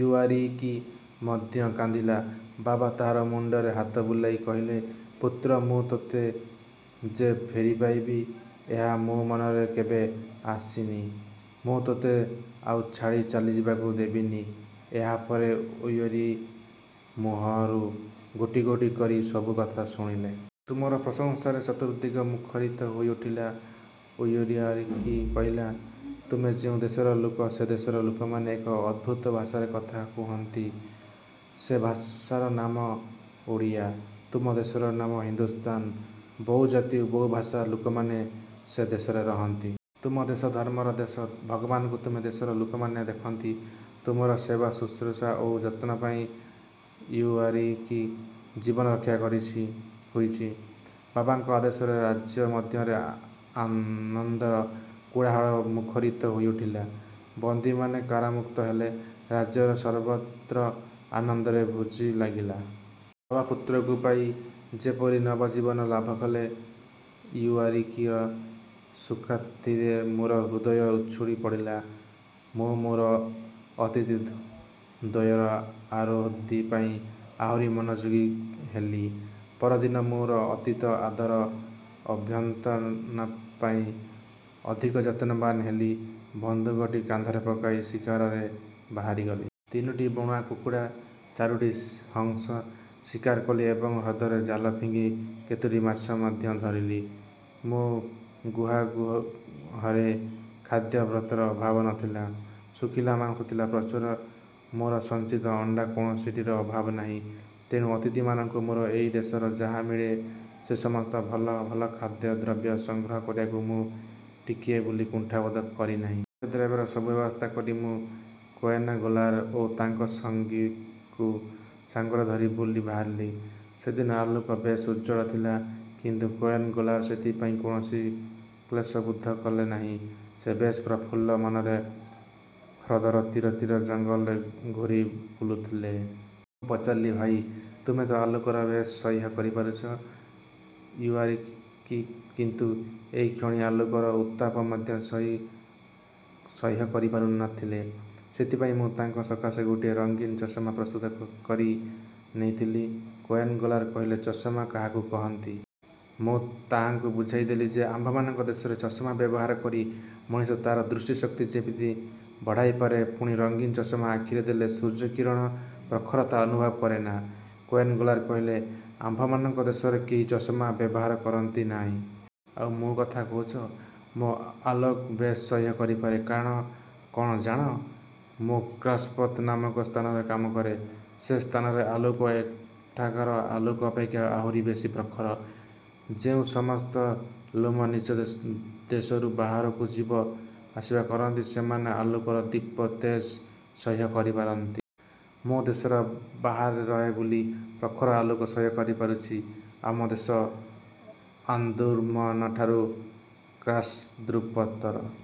ଇଉଓୟାରକି ମଧ୍ୟ କାନ୍ଦିଲା। ବାବା ତାହାର ମୁଣ୍ଡରେ ହାତ ବୁଲାଇ କହିଲେ, ପୁତ୍ର, ମୁଁ ତୋତେ ଯେ ଫେରିପାଇବି, ଏହା ମୋ ମନରେ କେବେ। ଆସିନି। ମୁଁ ତୋତେ ଆଉ ଛାଡ଼ି ଚାଲିଯିବାକୁ ଦେବିନି। ଏହାପରେ ଇଉଓୟାରକି ମୁହଁରୁ ଗୋଟି ଗୋଟି କରି ସବୁ କଥା ଶୁଣିଲେ। ତୁମର ପ୍ରଶଂସାରେ ଚତୁର୍ଦ୍ଦିଗ ମୁଖରିତ ହୋଇଉଠିଲା। ଇଉଓୟାରକି କହିଲା, ତୁମେ ଯେଉଁ ଦେଶର ଲୋକ, ସେ ଦେଶର ଲୋକମାନେ ଏକ ଅଦ୍ଭୁତ ଭାଷାରେ କଥା କହନ୍ତି, ସେ ଭାଷାର ନାମ ଓଡ଼ିଆ। ତୁମ ଦେଶର ନାମ ହିନ୍ଦୁସ୍ଥାନ। ବହୁ ଜାତି ଓ ବହୁ ଭାଷାର ଲୋକମାନେ ସେ ଦେଶରେ ରହନ୍ତି। ତୁମ ଦେଶ ଧର୍ମର ଦେଶ, ଭଗବାନଙ୍କୁ ତୁମ ଦେଶର ଲୋକମାନେ ଦେଖନ୍ତି। ତୁମର ସେବା ଶୁଶ୍ରୂଷା ଓ ଯତ୍ନପାଇଁ ଇଉଓୟାରକିର ଜୀବନ ରକ୍ଷା ହୋଇଛି। ବାବାଙ୍କ ଆଦେଶରେ ରାଜ୍ୟ ମଧ୍ୟରେ ଆନନ୍ଦର କୋଳାହଳ ମୁଖରିତ ହୋଇଉଠିଲା। ବନ୍ଦୀମାନେ କାରାମୁକ୍ତ ହେଲେ। ରାଜ୍ୟର ସର୍ବତ୍ର ଆନନ୍ଦର ଭୋଜି ଲାଗିଲା। ବାବା ପୁତ୍ରକୁ ପାଇ ଯେପରି ନବଜୀବନ ଲାଭ କଲେ। ଇଉଓୟାରକିର ସୁଖ୍ୟାତିରେ ମୋର ହୃଦୟ ଉଛୁଳି ପଡ଼ିଲା। ମୁଁ ମୋର ଅତିଥି ଦ୍ୱୟର ଆହାରାଦିପାଇଁ ଆହୁରି ମନୋଯୋଗୀ ହେଲି। ପରଦିନ ମୁଁ ମୋର ଅତିଥିର ଆଦର ଅଭ୍ୟର୍ଥନାପାଇଁ ଅଧିକ ଯତ୍ନବାନ ହେଲି। ବନ୍ଧୁକଟି କାନ୍ଧରେ ପକାଇ ଶିକାରରେ ବାହାରିଗଲି। ତିନୋଟି ବଣୁଆ କୁକୁଡ଼ା, ଚାରୋଟି ହଂସ ଶିକାର କଲି ଏବଂ ହ୍ରଦରେ ଜାଲ ଫିଙ୍ଗି କେତୋଟି ମାଛ ମଧ୍ୟ ଧରିଲି। ମୋ ଗୁହା-ଗୃହରେ ଖାଦ୍ୟଦ୍ରବ୍ୟର ଅଭାବ ନ ଥିଲା। ଶୁଖିଲା ମାଂସ ଥିଲା ପ୍ରଚୁର, ମୋର ସଞ୍ଚିତ ଅଣ୍ଡା–କୌଣସିଟିର ଅଭାବ ନାହିଁ। ତେଣୁ ଅତିଥିମାନଙ୍କୁ ମୋର ଏଇ ଦେଶରେ ଯାହା ମିଳେ, ସେଇ ସମସ୍ତ ଭଲ ଭଲ ଖାଦ୍ୟଦ୍ରବ୍ୟ ସଂଗ୍ରହ କରିବାକୁ ମୁଁ ଟିକିଏ ବୋଲି କୁଣ୍ଠାବୋଧ କରିନାହିଁ। ଖାଦ୍ୟଦ୍ରବ୍ୟର ସବୁ ବ୍ୟବସ୍ଥା କରି ମୁଁ କୋୟାନ ଗୋଲାର ଓ ତାଙ୍କ ସଙ୍ଗୀକୁ ସାଙ୍ଗରେ ଧରି ବୁଲି ବାହାରିଲି। ସେଦିନ ଆଲୋକ ବେଶ୍ ଉଜ୍ଜ୍ୱଳ ଥିଲା, କିନ୍ତୁ କୋୟାନ ଗୋଲାର ସେଥିପାଇଁ କୌଣସି କ୍ଳେଶ ବୋଧ କଲେ ନାହିଁ। ସେ ବେଶ୍ ପ୍ରଫୁଲ୍ଲ ମନରେ ହ୍ରଦର ତୀରେ ତୀରେ ଜଙ୍ଗଲରେ ଘୂରି ବୁଲୁଥିଲେ। ମୁଁ ପଚାରିଲି ଭାଇ, ତୁମେ ତ ଆଲୋକ ବେଶ ସହ୍ୟ କରିପାରୁଛ। ଇଉଓୟାରକି କିନ୍ତୁ ଏଇ କ୍ଷୀଣ ଆଲୋକର ଉତ୍ତାପ ମଧ୍ୟ ସହ୍ୟ କରିପାରୁନଥିଲେ। ସେଥିପାଇଁ ମୁଁ ତାଙ୍କ ସକାଶେ ଗୋଟିଏ ରଙ୍ଗୀନ ଚଷମା ପ୍ରସ୍ତୁତ କରି ନେଇଥିଲି। କୋୟାନ ଗୋଲାର କହିଲେ, ଚଷମା କାହାକୁ କହନ୍ତି? ମୁଁ ତାହାଙ୍କୁ ବୁଝାଇଦେଲି ଯେ, ଆମ୍ଭମାନଙ୍କ ଦେଶରେ ଚଷମା ବ୍ୟବହାର କରି ମଣିଷ ତାହାର ଦୃଷ୍ଟିଶକ୍ତି ଯେମିତି ଚଢ଼ାଇପାରେ, ପୁଣି ରଙ୍ଗୀନ ଚଷମା ଆଖିରେ ଦେଲେ ସୂର୍ଯ୍ୟ କିରଣର ପ୍ରଖରତା ଅନୁଭବ କରେନା। କୋୟାନ ଗୋଲାର କହିଲେ, ''ଆମ୍ଭମାନଙ୍କ ଦେଶରେ କେହି କେବେ ଚଷମା ବ୍ୟବହାର କରନ୍ତି ନାହିଁ। ଆଉ ମୋ କଥା କହୁଛ, ମୁଁ ଆଲୋକ ବେଶ୍ ସହ୍ୟ କରିପାରେ। କାରଣ କ'ଣ ଜାଣ? ମୁଁ କ୍ରାସ୍ଦୃପତ ନାମକ ସ୍ଥାନରେ କାମ କରେ। ସେ ସ୍ଥାନରେ ଆଲୋକ ଏଠାକାର ଆଲୋକ ଅପେକ୍ଷା ଆହୁରି ବେଶୀ ପ୍ରଖର। ଯେଉଁ ସମସ୍ତ ଲ୍ଲୁମ ନିଜ ଦେଶରୁ ବାହରକୁ ଯିବା ଆସିବା କରନ୍ତି ସେମାନେ ଆଲୋକର ଦୀପ୍ତ ତେଜ ସହ୍ୟ କରିପାରନ୍ତି। ମୁଁ ଦେଶର ବାହାରେ ରହେ ବୋଲି ପ୍ରଖର ଆଲୋକ ସହ୍ୟ କରିପାରୁଛି। ଆମ ଦେଶ ଆନ୍ଦୁର୍ମନଠାରୁ କ୍ରାସଦୃପତର